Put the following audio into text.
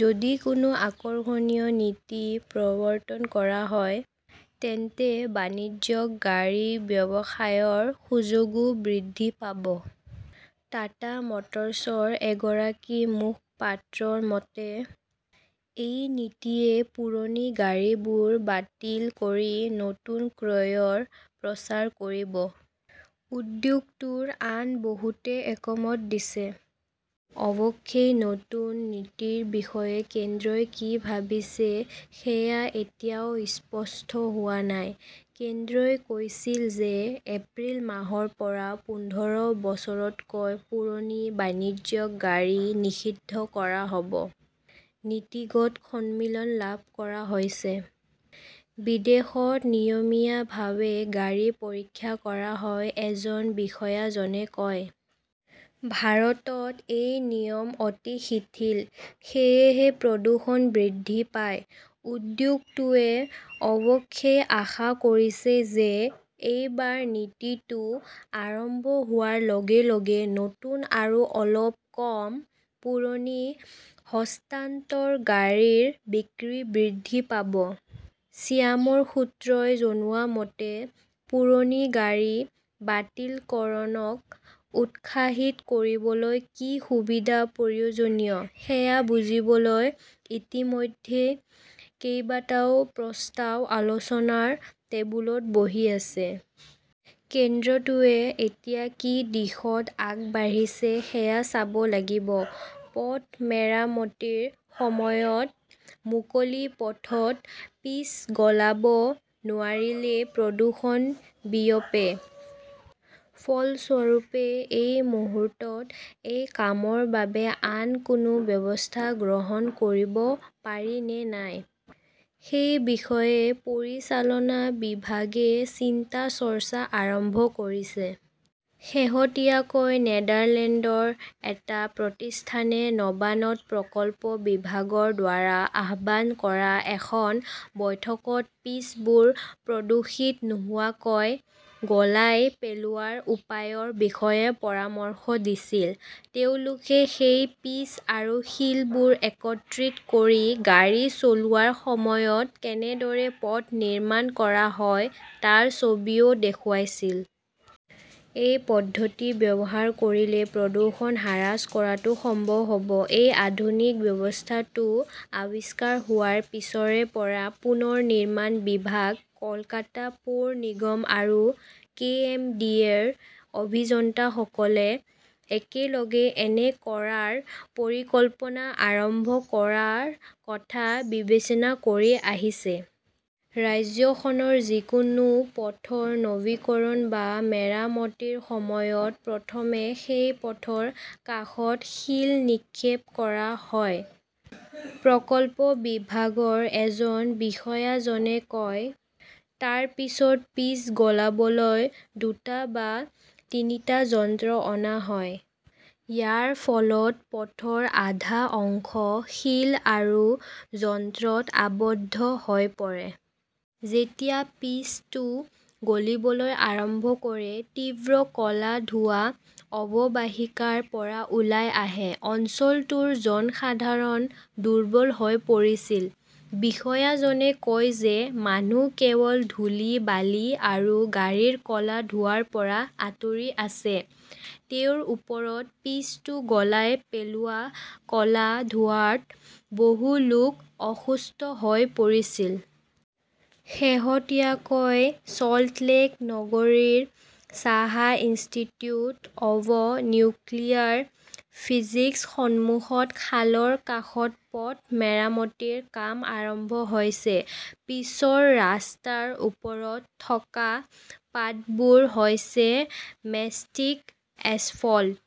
যদি কোনো আকৰ্ষণীয় নীতি প্ৰৱৰ্তন কৰা হয়, তেন্তে বাণিজ্যিক গাড়ী ব্যৱসায়ৰ সুযোগো বৃদ্ধি পাব। টাটা মটৰ্ছৰ এগৰাকী মুখপাত্ৰৰ মতে, এই নীতিয়ে পুৰণি গাড়ীবোৰ বাতিল কৰি নতুন ক্ৰয়ৰ প্ৰচাৰ কৰিব। উদ্যোগটোৰ আন বহুতে একমত দিছে। অৱশ্যে নতুন নীতিৰ বিষয়ে কেন্দ্ৰই কি ভাবিছে, সেয়া এতিয়াও স্পষ্ট হোৱা নাই। কেন্দ্ৰই কৈছিল যে, এপ্ৰিল মাহৰ পৰা পোন্ধৰ বছৰতকৈ পুৰণি বাণিজ্যিক গাড়ী নিষিদ্ধ কৰা হব। নীতিগত সন্মতি লাভ কৰা হৈছে। "বিদেশত নিয়মীয়াভাৱে গাড়ী পৰীক্ষা কৰা হয়", এজন বিষয়াজনে কয়। ভাৰতত এই নিয়ম অতি শিথিল, সেয়েহে প্ৰদূষণ বৃদ্ধি পায়। "উদ্যোগটোৱে অৱশ্যে আশা কৰিছে যে, এইবাৰ নীতিটো আৰম্ভ হোৱাৰ লগে লগে নতুন আৰু অলপ কম পুৰণি হস্তান্তৰ গাড়ীৰ বিক্ৰী বৃদ্ধি পাব। ছিয়ামৰ সূত্ৰই জনোৱা মতে, পুৰণি গাড়ী বাতিলকৰণক উৎসাহিত কৰিবলৈ কি সুবিধা প্ৰয়োজনীয়, সেয়া বুজিবলৈ ইতিমধ্যে কেইবাটাও প্ৰস্তাৱ আলোচনাৰ টেবুলত বহি আছে। কেন্দ্ৰটোৱে এতিয়া কি দিশত আগবাঢ়িছে সেয়া চাব লাগিব। পথ মেৰামতিৰ সময়ত মুকলি পথত পিচ গলাব নোৱাৰিলে প্ৰদূষণ বিয়পে। ফলস্বৰূপে, এই মুহূৰ্তত এই কামৰ বাবে আন কোনো ব্যৱস্থা গ্ৰহণ কৰিব পাৰি নে নাই, সেই বিষয়ে পৰিচালনা বিভাগে চিন্তা-চৰ্চা আৰম্ভ কৰিছে। শেহতীয়াকৈ নেদাৰলেণ্ডৰ এটা প্ৰতিষ্ঠানে নবানত প্ৰকল্প বিভাগৰ দ্বাৰা আহ্বান কৰা এখন বৈঠকত পিচবোৰ প্ৰদূষিত নোহোৱাকৈ গলাই পেলোৱাৰ উপায়ৰ বিষয়ে পৰামৰ্শ দিছিল। তেওঁলোকে সেই পিচ আৰু শিলবোৰ একত্ৰিত কৰি গাড়ী চলোৱাৰ সময়ত কেনেদৰে পথ নিৰ্মাণ কৰা হয়, তাৰ ছবিও দেখুৱাইছিল। এই পদ্ধতি ব্যৱহাৰ কৰিলে প্ৰদূষণ হ্ৰাস কৰাটো সম্ভৱ হব। এই আধুনিক ব্যৱস্থাটো আৱিষ্কাৰ হোৱাৰ পিছৰে পৰা পুনৰ নিৰ্মাণ বিভাগ, কলকাতা পৌৰ নিগম আৰু কে. এম. ডি. এ. -ৰ অভিযন্তাসকলে একেলগে এনে কৰাৰ পৰিকল্পনা আৰম্ভ কৰাৰ কথা বিবেচনা কৰি আহিছে। ৰাজ্যখনৰ যিকোনো পথৰ নৱীকৰণ বা মেৰামতিৰ সময়ত প্ৰথমে সেই পথৰ কাষত শিল নিক্ষেপ কৰা হয়", প্ৰকল্প বিভাগৰ এজন বিষয়াজনে কয়। তাৰ পিছত পিচ গলাবলৈ দুটা বা তিনিটা যন্ত্ৰ অনা হয়। ইয়াৰ ফলত পথৰ আধা অংশ শিল আৰু যন্ত্ৰত আবদ্ধ হৈ পৰে। যেতিয়া পিচটো গলিবলৈ আৰম্ভ কৰে, তীব্ৰ ক'লা ধোঁৱা অৱবাহিকাৰ পৰা ওলাই আহে। অঞ্চলটোৰ জনসাধাৰণ দুৰ্বল হৈ পৰিছিল। বিষয়াজনে কয় যে, মানুহ কেৱল ধূলি, বালি আৰু গাড়ীৰ ক'লা ধোঁৱাৰ পৰা আঁতৰি আছে। তেওঁৰ ওপৰত পিচটো গলাই পেলোৱা ক'লা ধোঁৱাত বহু লোক অসুস্থ হৈ পৰিছিল। শেহতীয়াকৈ চল্টলেক নগৰীৰ চাহা ইনষ্টিটিউট অৱ নিউক্লিয়াৰ ফিজিক্সৰ সন্মুখত খালৰ কাষৰ পথ মেৰামতিৰ কাম আৰম্ভ হৈছে। পিচৰ ৰাস্তাৰ ওপৰত থকা পাতবোৰ হৈছে মেষ্টিক এছফল্ট।